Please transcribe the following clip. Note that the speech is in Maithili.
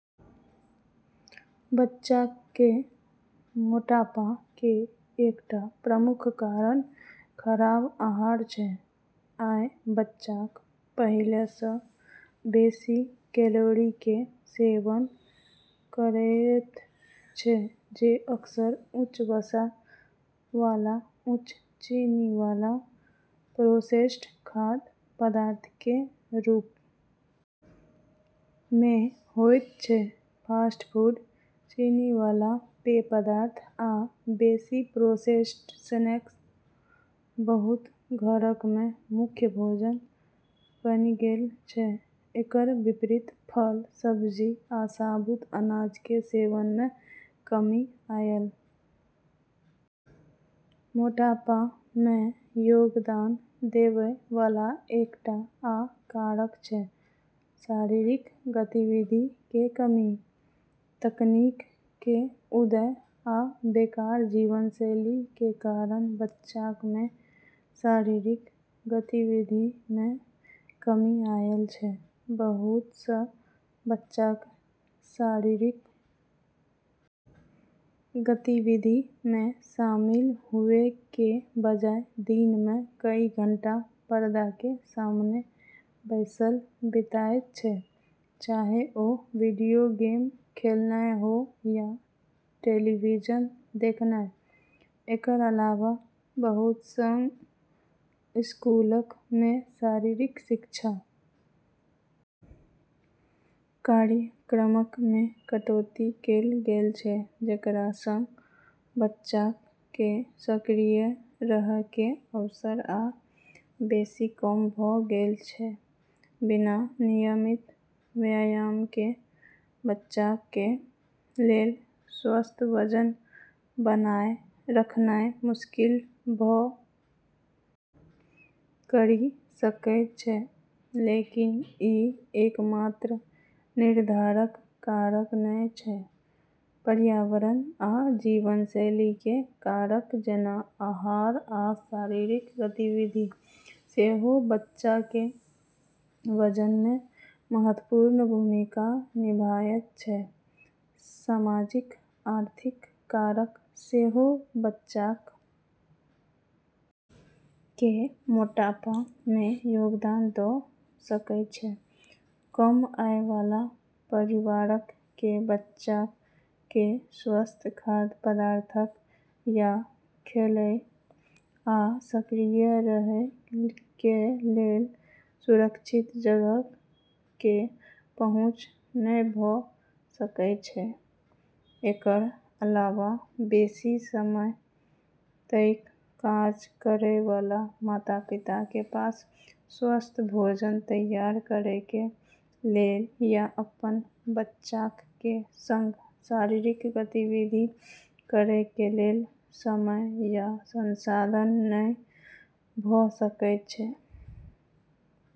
बच्चाक कें मोटापा कें एकटा प्रमुख कारण खराब आहार छै, आइ बच्चाक पहिले सं बेसि कैलोरी कें सेवन करएयत छै जे अक्सर उच्च वसा वाला उच्च चीनी वाला प्रोसेस्ड खाद्य पदार्थक कें रूप मे होयत छै, फास्ट फूड, चीनी वाला पेय पदार्थ आ बेसि प्रोसेस्ड स्नैक्स बहुत घरक मे मुख्य भोजन बनि गेल छै, एकर विपरीत फल, सब्जी आ साबुत अनाज कें सेवन मे कमी आयल मोटापा मे योगदान देवय वाला एकटा आ कारक छै शारीरिक गतिविधि कें कमी, तकनीक कें उदय आ बेकार जीवनशैली कें कारण बच्चाक मे शारीरिक गतिविधि मे कमी आयल छै, बहुत सं बच्चाक शारीरिक गतिविधि मे शामिल हुए कें बजाय दिन मे कई घंटा पर्दा कें सामने बैसल बिताएयत छै चाहे ओ वीडियो गेम खेलनाय हो या टेलीविजन देखनाय, एकर अलावा बहुत सं स्कूलक मे शारीरिक शिक्षा कार्यक्रमक मे कटौती कैल गेल छै जेकरा सं बच्चाक कें सक्रिय रहय कें अवसर आ बेसि कम भ गेल छै बिना नियमित व्यायाम कें बच्चाक कें लेल स्वस्थ वजन बनाए रखनाय मुश्किल भ करी सकै छै, लेकिन ई एकमात्र निर्धारक कारक नै छै, पर्यावरण आ जीवनशैली कें कारक जेना आहार आ शारीरिक गतिविधि सेहो बच्चा कें वजन मे महत्वपूर्ण भूमिका निभायत छै, सामाजिक-आर्थिक कारक सेहो बच्चाक कें मोटापा मे योगदान द सकएय छै, कम आय वाला परिवारक कें बच्चाक कें स्वस्थ खाद्य पदार्थक या खेलएय आ सक्रिय रहएय कें लेल सुरक्षित जगहक कें पहुंच नहि भ सकएय छै, एकर अलावा बेसि समय तइक काज करएय वाला माता-पिता कें पास स्वस्थ भोजन तैयार करएय कें लेल या अपन बच्चाक कें संग शारीरिक गतिविधि करएय कें लेल समय या संसाधन नहि भ सकएय छै।